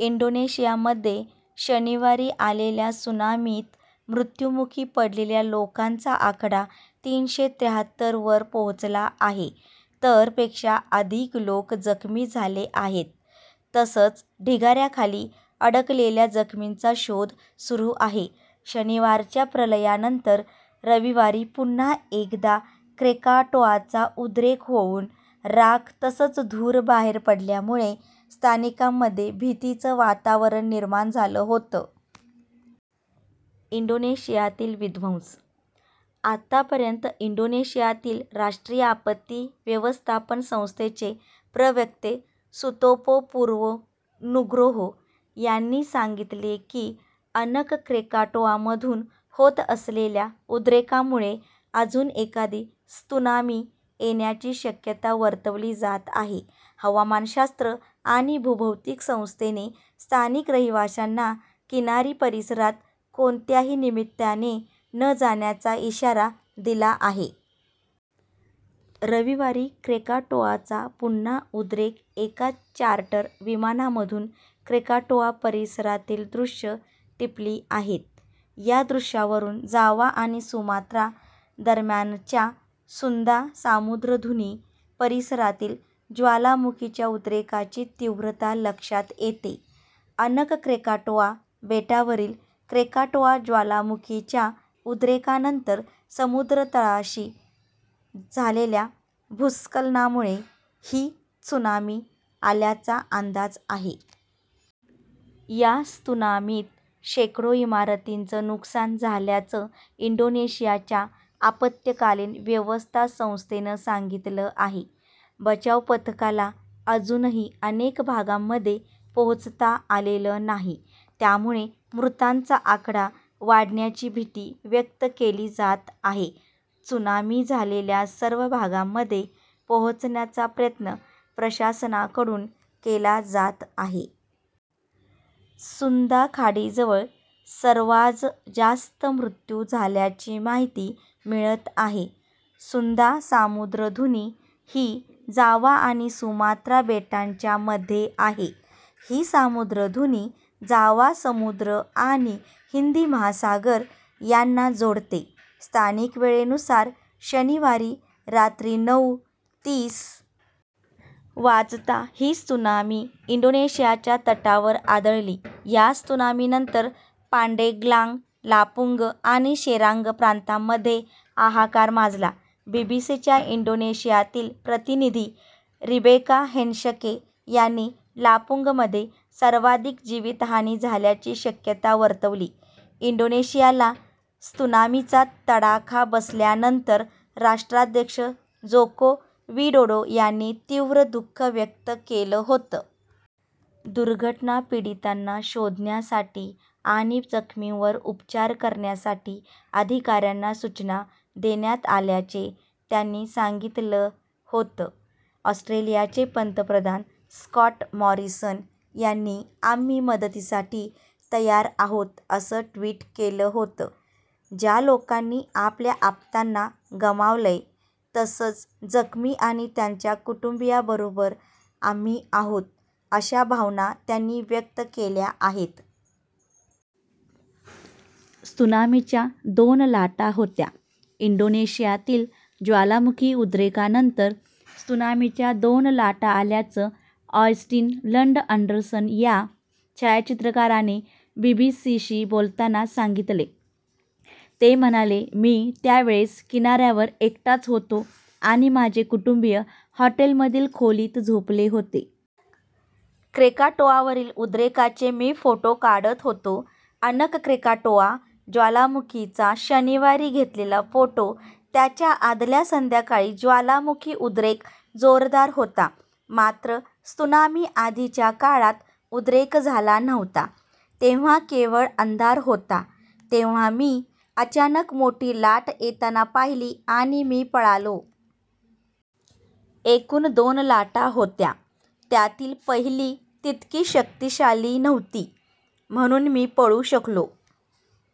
इंडोनेशियामध्ये शनिवारी आलेल्या सुनामीत मृत्युमुखी पडलेल्या लोकांचा आकडा तीनशे त्र्याहत्तर वर पोहोचला आहे. तर पेक्षा अधिक लोक जखमी झाले आहेत. तसंच ढिगाऱ्याखाली अडकलेल्या जखमींचा शोध सुरु आहे. शनिवारच्या प्रलयानंतर रविवारी पुन्हा एकदा क्रेकाटोआचा उद्रेक होऊन राख तसंच धूर बाहेर पडल्यामुळे स्थानिकांमध्ये भीतीचं वातावरण निर्माण झालं होतं. इंडोनेशियातील विध्वंस आतापर्यंतइंडोनेशियातील राष्ट्रीय आपत्ती व्यवस्थापन संस्थेचे प्रवक्ते सुतोपो पूर्वो नुग्रोहो यांनी सांगितले, की अनक क्रेकाटोआमधून होत असलेल्या उद्रेकांमुळे अजून एखादी त्सुनामी येण्याची शक्यता वर्तविली जात आहे. हवामानशास्त्र आणि भूभौतिक संस्थेने स्थानिक रहिवाशांना किनारी परिसरात कोणत्याही निमित्ताने न जाण्याचा इशारा दिला आहे. रविवारी क्रेकाटोआचा पुन्हा उद्रेक एका चार्टर विमानामधून क्रेकाटोआ परिसरातील दृश्यं टिपली आहेत. या दृश्यांवरून जावा आणि सुमात्रा दरम्यानच्या सुंदा सामुद्रधुनी परिसरातील ज्वालामुखीच्या उद्रेकाची तीव्रता लक्षात येते. अनक क्रेकाटोआ बेटावरील क्रेकाटोआ ज्वालामुखीच्या उद्रेकानंतर समुद्रतळाशी झालेल्या भूस्खलनामुळे ही त्सुनामी आल्याचा अंदाज आहे. या त्सुनामीत शेकडो इमारतींचं नुकसान झाल्याचं इंडोनेशियाच्या आपत्कालीन व्यवस्था संस्थेनं सांगितलं आहे. बचाव पथकाला अजूनही अनेक भागांमध्ये पोहोचता आलेलं नाही त्यामुळे मृतांचा आकडा वाढण्याची भीती व्यक्त केली जात आहे. त्सुनामी आलेल्या सर्व भागांमध्ये पोहोचण्याचा प्रयत्न प्रशासनाकडून केला जात आहे. सुंदा खाडीजवळ सर्वाज जास्त मृत्यू झाल्याची माहिती मिळत आहे. सुंदा सामुद्रधुनी ही जावा आणि सुमात्रा बेटांच्या मध्ये आहे. ही सामुद्रधुनी जावा समुद्र आणि हिंदी महासागर यांना जोडते. स्थानिक वेळेनुसार शनिवारी रात्री नऊ .तीस वाजता ही त्सुनामी इंडोनेशियाच्या तटावर आदळली. या त्सुनामीनंतर पांडेग्लांग, लांपुंग आणि सेरांग प्रांतांमध्ये हाहाकार माजला. बीबीसीच्या इंडोनेशियातील प्रतिनिधी रिबेका हेन्शके यांनी लापुंगमध्ये सर्वाधिक जीवितहानी झाल्याची शक्यता वर्तवली. इंडोनेशियाला त्सुनामीचा तडाखा बसल्यानंतर राष्ट्राध्यक्ष जोको विडोडो यांनी तीव्र दुःख व्यक्त केलं होतं. दुर्घटना पीडितांना शोधण्यासाठी आणि जखमींवर उपचार करण्यासाठी अधिकाऱ्यांना सूचना देण्यात आल्याचे त्यांनी सांगितलं होतं. ऑस्ट्रेलियाचे पंतप्रधान स्कॉट मॉरिसन यांनी आम्ही मदतीसाठी तयार आहोत असं ट्वीट केलं होतं. ज्या लोकांनी आपल्या आप्तांना गमावलंय तसंच जखमी आणि त्यांच्या कुटुंबीयाबरोबर आम्ही आहोत अशा भावना त्यांनी व्यक्त केल्या आहेत. त्सुनामीच्या दोन लाटा होत्या इंडोनेशियात ज्वालामुखी उद्रेकानंतर त्सुनामीच्या दोन लाटा आल्याचं ऑयस्टीन लंड अँडरसन या छायाचित्रकाराने बीबीसीशी बोलताना सांगितले. ते म्हणाले मी त्यावेळेस किनाऱ्यावर एकटाच होतो आणि माझे कुटुंबीय हॉटेलमधील खोलीत झोपले होते. क्रेकाटोआवरील उद्रेकाचे मी फोटो काढत होतो. अनक क्रेकाटोआ ज्वालामुखीचा शनिवारी घेतलेला फोटो. त्याच्या आदल्या संध्याकाळी ज्वालामुखी उद्रेक जोरदार होता. मात्र त्सुनामी आधीच्या काळात उद्रेक झाला नव्हता. तेव्हा केवळ अंधार होता. तेव्हा मी अचानक मोठी लाट येताना पाहिली आणि मी पळालो. एकूण दोन लाटा होत्या. त्यातील पहिली तितकी शक्तिशाली नव्हती म्हणून मी पळू शकलो.